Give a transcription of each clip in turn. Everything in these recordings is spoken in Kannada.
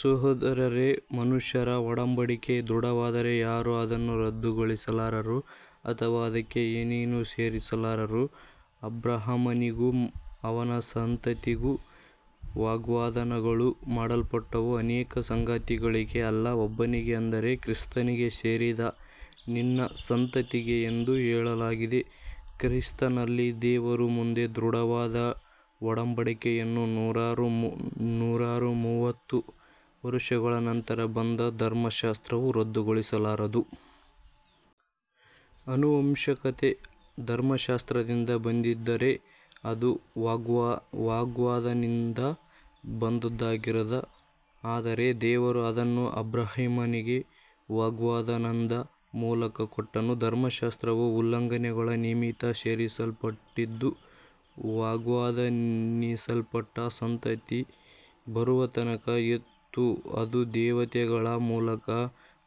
ಸಹೋದರರೇ, ಮನುಷ್ಯರ ಒಡಂಬಡಿಕೆ ದೃಢವಾದರೆ ಯಾರೂ ಅದನ್ನು ರದ್ದುಗೊಳಿಸಲಾರರು ಅಥವಾ ಅದಕ್ಕೆ ಏನನ್ನೂ ಸೇರಿಸಲಾರರು. ಅಬ್ರಹಾಮನಿಗೂ ಅವನ ಸಂತತಿಗೂ ವಾಗ್ದಾನಗಳು ಮಾಡಲ್ಪಟ್ಟವು. ಅನೇಕ ಸಂತತಿಗಳಿಗೆ ಅಲ್ಲ, ಒಬ್ಬನಿಗೆ, ಅಂದರೆ ಕ್ರಿಸ್ತನಿಗೆ ಸೇರಿದ ನಿನ್ನ ಸಂತತಿಗೆ ಎಂದು ಹೇಳಲಾಗಿದೆ. ಕ್ರಿಸ್ತನಲ್ಲಿ ದೇವರ ಮುಂದೆ ದೃಢವಾದ ಒಡಂಬಡಿಕೆಯನ್ನು ನಾನೂರ ಮೂವತ್ತು ವರ್ಷಗಳ ನಂತರ ಬಂದ ಧರ್ಮಶಾಸ್ತ್ರವು ರದ್ದುಗೊಳಿಸಲಾರದು. ಆನುವಂಶಿಕತೆ ಧರ್ಮಶಾಸ್ತ್ರದಿಂದ ಬಂದಿದ್ದರೆ ಅದು ವಾಗ್ದಾನದಿಂದ ಬಂದದ್ದಾಗಿರದು, ಆದರೆ ದೇವರು ಅದನ್ನು ಅಬ್ರಹಾಮನಿಗೆ ವಾಗ್ದಾನದ ಮೂಲಕ ಕೊಟ್ಟನು. ಧರ್ಮಶಾಸ್ತ್ರವು ಉಲ್ಲಂಘನೆಗಳ ನಿಮಿತ್ತ ಸೇರಿಸಲ್ಪಟ್ಟಿದ್ದು, ವಾಗ್ದಾನಿಸಲ್ಪಟ್ಟ ಸಂತತಿ ಬರುವ ತನಕ ಇತ್ತು. ಅದು ದೇವತೆಗಳ ಮೂಲಕ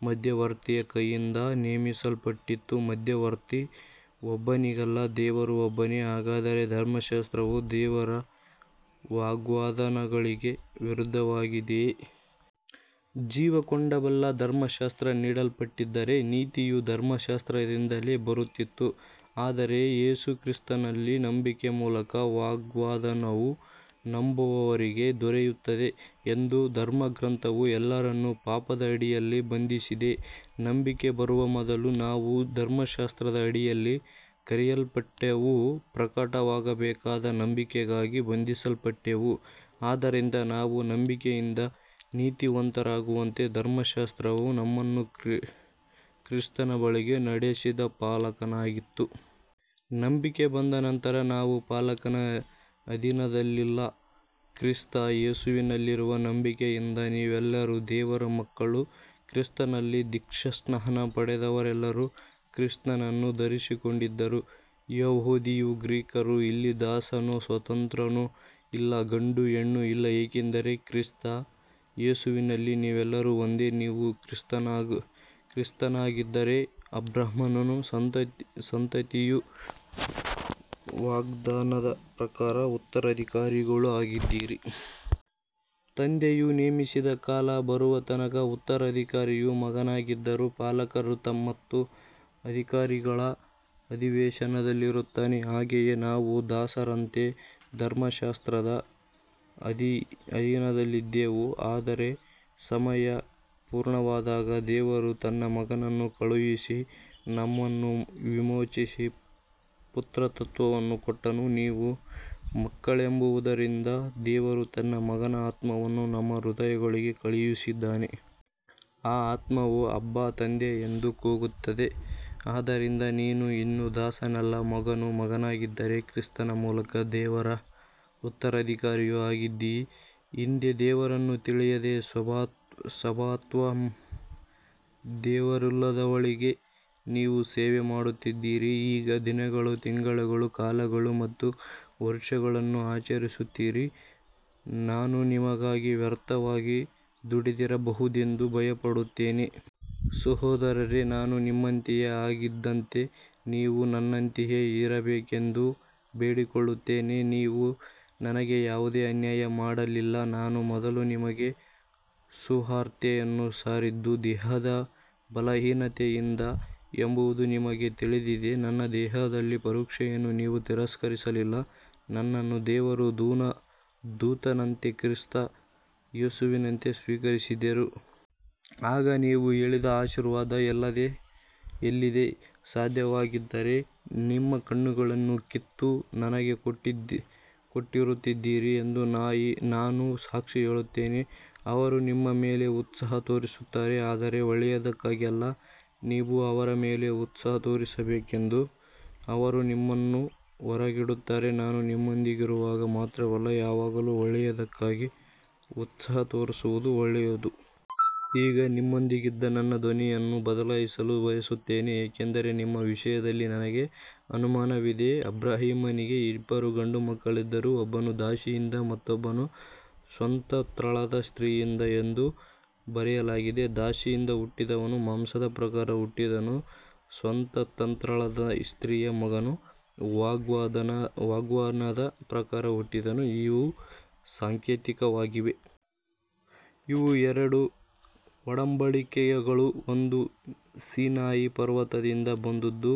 ಮಧ್ಯವರ್ತಿಯ ಕೈಯಿಂದ ನೇಮಿಸಲ್ಪಟ್ಟಿತು. ಮಧ್ಯವರ್ತಿ ಒಬ್ಬನಿಗಲ್ಲ, ದೇವರು ಒಬ್ಬನೇ. ಹಾಗಾದರೆ ಧರ್ಮಶಾಸ್ತ್ರವು ದೇವರ ವಾಗ್ದಾನಗಳಿಗೆ ವಿರುದ್ಧವಾಗಿದೆಯೇ. ಜೀವಕೊಡಬಲ್ಲ ಧರ್ಮಶಾಸ್ತ್ರ ನೀಡಲ್ಪಟ್ಟಿದ್ದರೆ ನೀತಿಯು ಧರ್ಮಶಾಸ್ತ್ರದಿಂದಲೇ ಬರುತ್ತಿತ್ತು. ಆದರೆ ಯೇಸು ಕ್ರಿಸ್ತನಲ್ಲಿ ನಂಬಿಕೆಯ ಮೂಲಕ ವಾಗ್ದಾನವು ನಂಬುವವರಿಗೆ ದೊರೆಯುತ್ತದೆ ಎಂದು ಧರ್ಮಗ್ರಂಥವು ಎಲ್ಲರನ್ನೂ ಪಾಪದ ಅಡಿಯಲ್ಲಿ ಬಂಧಿಸಿದೆ. ನಂಬಿಕೆ ಬರುವ ಮೊದಲು ನಾವು ಧರ್ಮಶಾಸ್ತ್ರದ ಅಡಿಯಲ್ಲಿ ಕಾಯಲ್ಪಟ್ಟೆವು, ಪ್ರಕಟವಾಗಬೇಕಾದ ನಂಬಿಕೆಗಾಗಿ ಬಂಧಿಸಲ್ಪಟ್ಟೆವು. ಆದ್ದರಿಂದ ನಾವು ನಂಬಿಕೆಯಿಂದ ನೀತಿವಂತರಾಗುವಂತೆ ಧರ್ಮಶಾಸ್ತ್ರವು ನಮ್ಮನ್ನು ಕ್ರಿಸ್ತನ ಬಳಿಗೆ ನಡೆಸಿದ ಪಾಲಕನಾಗಿತ್ತು. ನಂಬಿಕೆ ಬಂದ ನಂತರ ನಾವು ಪಾಲಕನ ಅಧೀನದಲ್ಲಿಲ್ಲ. ಕ್ರಿಸ್ತ ಯೇಸುವಿನಲ್ಲಿರುವ ನಂಬಿಕೆಯಿಂದ ನೀವೆಲ್ಲರೂ ದೇವರ ಮಕ್ಕಳು. ಕ್ರಿಸ್ತನಲ್ಲಿ ದೀಕ್ಷಾಸ್ನಾನ ಪಡೆದವರೆಲ್ಲರೂ ಕ್ರಿಸ್ತನನ್ನು ಧರಿಸಿಕೊಂಡಿದ್ದೀರಿ. ಯಹೂದಿಯೂ ಗ್ರೀಕರೂ ಇಲ್ಲ, ದಾಸನೂ ಸ್ವತಂತ್ರನೂ ಇಲ್ಲ, ಗಂಡೂ ಹೆಣ್ಣೂ ಇಲ್ಲ, ಏಕೆಂದರೆ ಕ್ರಿಸ್ತ ಯೇಸುವಿನಲ್ಲಿ ನೀವೆಲ್ಲರೂ ಒಂದೇ. ನೀವು ಕ್ರಿಸ್ತನವರಾಗಿದ್ದರೆ ಅಬ್ರಹಾಮನ ಸಂತತಿಯೂ ವಾಗ್ದಾನದ ಪ್ರಕಾರ ಉತ್ತರಾಧಿಕಾರಿಗಳೂ ಆಗಿದ್ದೀರಿ. ತಂದೆಯು ನೇಮಿಸಿದ ಕಾಲ ಬರುವ ತನಕ ಉತ್ತರಾಧಿಕಾರಿಯು ಮಗನಾಗಿದ್ದರೂ ಪಾಲಕರ ಮತ್ತು ಅಧಿಕಾರಿಗಳ ಅಧೀನದಲ್ಲಿರುತ್ತಾನೆ. ಹಾಗೆಯೇ ನಾವು ದಾಸರಂತೆ ಧರ್ಮಶಾಸ್ತ್ರದ ಅಧೀನದಲ್ಲಿದ್ದೆವು, ಆದರೆ ಸಮಯ ಪೂರ್ಣವಾದಾಗ ದೇವರು ತನ್ನ ಮಗನನ್ನು ಕಳುಹಿಸಿ ನಮ್ಮನ್ನು ವಿಮೋಚಿಸಿ ಪುತ್ರತ್ವವನ್ನು ಕೊಟ್ಟನು. ನೀವು ಮಕ್ಕಳೆಂಬುದರಿಂದ ದೇವರು ತನ್ನ ಮಗನ ಆತ್ಮವನ್ನು ನಮ್ಮ ಹೃದಯಗಳಿಗೆ ಕಳುಹಿಸಿದ್ದಾನೆ. ಆ ಆತ್ಮವು ಅಬ್ಬಾ ತಂದೆ ಎಂದು ಕೂಗುತ್ತದೆ. ಆದ್ದರಿಂದ ನೀನು ಇನ್ನು ದಾಸನಲ್ಲ, ಮಗನು. ಮಗನಾಗಿದ್ದರೆ ಕ್ರಿಸ್ತನ ಮೂಲಕ ದೇವರ ಉತ್ತರಾಧಿಕಾರಿಯೂ ಆಗಿದ್ದೀ. ಹಿಂದೆ ದೇವರನ್ನು ತಿಳಿಯದೆ ಸ್ವಭಾವತಃ ದೇವರಲ್ಲದವುಗಳಿಗೆ ನೀವು ಸೇವೆ ಮಾಡುತ್ತಿದ್ದಿರಿ. ಈಗ ದಿನಗಳು, ತಿಂಗಳುಗಳು, ಕಾಲಗಳು ಮತ್ತು ವರ್ಷಗಳನ್ನು ಆಚರಿಸುತ್ತೀರಿ. ನಾನು ನಿಮ್ಮಿಗಾಗಿ ವ್ಯರ್ಥವಾಗಿ ದುಡಿದಿರಬಹುದೆಂದು ಭಯಪಡುತ್ತೇನೆ. ಸಹೋದರರೇ, ನಾನು ನಿಮ್ಮಂತೆಯೇ ಆಗಿದ್ದಂತೆ ನೀವು ನನ್ನಂತೆಯೇ ಇರಬೇಕೆಂದು ಬೇಡಿಕೊಳ್ಳುತ್ತೇನೆ. ನೀವು ನನಗೆ ಯಾವುದೇ ಅನ್ಯಾಯ ಮಾಡಲಿಲ್ಲ. ನಾನು ಮೊದಲು ನಿಮಗೆ ಸುವಾರ್ತೆಯನ್ನು ಸಾರಿದ್ದು ದೇಹದ ಬಲಹೀನತೆಯಿಂದ ಎಂಬುದು ನಿಮಗೆ ತಿಳಿದಿದೆ. ನನ್ನ ದೇಹದಲ್ಲಿದ್ದ ಪರೀಕ್ಷೆಯನ್ನು ನೀವು ತಿರಸ್ಕರಿಸಲಿಲ್ಲ, ನನ್ನನ್ನು ದೇವರ ದೂತನಂತೆ, ಕ್ರಿಸ್ತ ಯೇಸುವಿನಂತೆ ಸ್ವೀಕರಿಸಿದ್ದೀರಿ. ಆಗ ನೀವು ಹೇಳಿದ ಆಶೀರ್ವಾದ ಎಲ್ಲಿದೆ. ಸಾಧ್ಯವಾಗಿದ್ದರೆ ನಿಮ್ಮ ಕಣ್ಣುಗಳನ್ನು ಕಿತ್ತು ನನಗೆ ಕೊಟ್ಟಿರುತ್ತಿದ್ದಿರಿ ಎಂದು ನಾನು ಸಾಕ್ಷಿ ಹೇಳುತ್ತೇನೆ. ಅವರು ನಿಮ್ಮ ಮೇಲೆ ಉತ್ಸಾಹ ತೋರಿಸುತ್ತಾರೆ, ಆದರೆ ಒಳ್ಳೆಯದಕ್ಕಾಗಿ ಅಲ್ಲ. ನೀವು ಅವರ ಮೇಲೆ ಉತ್ಸಾಹ ತೋರಿಸಬೇಕೆಂದು ಅವರು ನಿಮ್ಮನ್ನು ಹೊರಗಿಡುತ್ತಾರೆ. ನಾನು ನಿಮ್ಮೊಂದಿಗಿರುವಾಗ ಮಾತ್ರವಲ್ಲ, ಯಾವಾಗಲೂ ಒಳ್ಳೆಯದಕ್ಕಾಗಿ ಉತ್ಸಾಹ ತೋರಿಸುವುದು ಒಳ್ಳೆಯದು. ಈಗ ನಿಮ್ಮೊಂದಿಗಿದ್ದು ನನ್ನ ಧ್ವನಿಯನ್ನು ಬದಲಾಯಿಸಲು ಬಯಸುತ್ತೇನೆ, ಏಕೆಂದರೆ ನಿಮ್ಮ ವಿಷಯದಲ್ಲಿ ನನಗೆ ಅನುಮಾನವಿದೆ. ಅಬ್ರಹಾಮನಿಗೆ ಇಬ್ಬರು ಗಂಡುಮಕ್ಕಳಿದ್ದರು, ಒಬ್ಬನು ದಾಸಿಯಿಂದ, ಮತ್ತೊಬ್ಬನು ಸ್ವತಂತ್ರಳಾದ ಸ್ತ್ರೀಯಿಂದ ಎಂದು ಬರೆಯಲಾಗಿದೆ. ದಾಸಿಯಿಂದ ಹುಟ್ಟಿದವನು ಮಾಂಸದ ಪ್ರಕಾರ ಹುಟ್ಟಿದನು, ಸ್ವತಂತ್ರಳಾದ ಸ್ತ್ರೀಯ ಮಗನು ವಾಗ್ದಾನದ ಪ್ರಕಾರ ಹುಟ್ಟಿದನು. ಇವು ಸಾಂಕೇತಿಕವಾಗಿವೆ. ಇವು ಎರಡು ಒಡಂಬಡಿಕೆಗಳು. ಒಂದು ಸೀನಾಯಿ ಪರ್ವತದಿಂದ ಬಂದದ್ದು,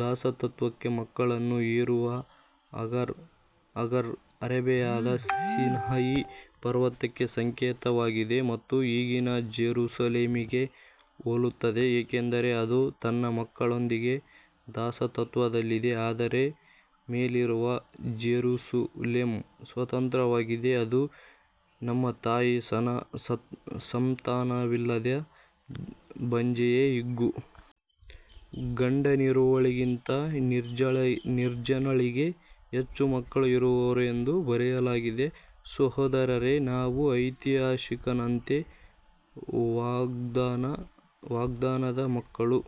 ದಾಸತ್ವಕ್ಕೆ ಮಕ್ಕಳನ್ನು ಹೆರುವ ಅಗರ್. ಅಗರ್ ಅರೇಬಿಯಾದ ಸೀನಾಯಿ ಪರ್ವತಕ್ಕೆ ಸಂಕೇತವಾಗಿದೆ ಮತ್ತು ಈಗಿನ ಜೆರುಸಲೇಮಿಗೆ ಹೋಲುತ್ತದೆ, ಏಕೆಂದರೆ ಅದು ತನ್ನ ಮಕ್ಕಳೊಂದಿಗೆ ದಾಸತ್ವದಲ್ಲಿದೆ. ಆದರೆ ಮೇಲಿರುವ ಜೆರುಸಲೇಮ್ ಸ್ವತಂತ್ರವಾಗಿದೆ, ಅದು ನಮ್ಮ ತಾಯಿ. ಸಂತಾನವಿಲ್ಲದ ಬಂಜೆಯೇ, ಹಿಗ್ಗು. ಗಂಡನಿರುವವಳಿಗಿಂತ ನಿರ್ಜನಳಿಗೆ ಹೆಚ್ಚು ಮಕ್ಕಳು ಇರುವರು ಎಂದು ಬರೆಯಲಾಗಿದೆ. ಸಹೋದರರೇ, ನಾವು ಐಸಾಕನಂತೆ ವಾಗ್ದಾನದ ಮಕ್ಕಳು.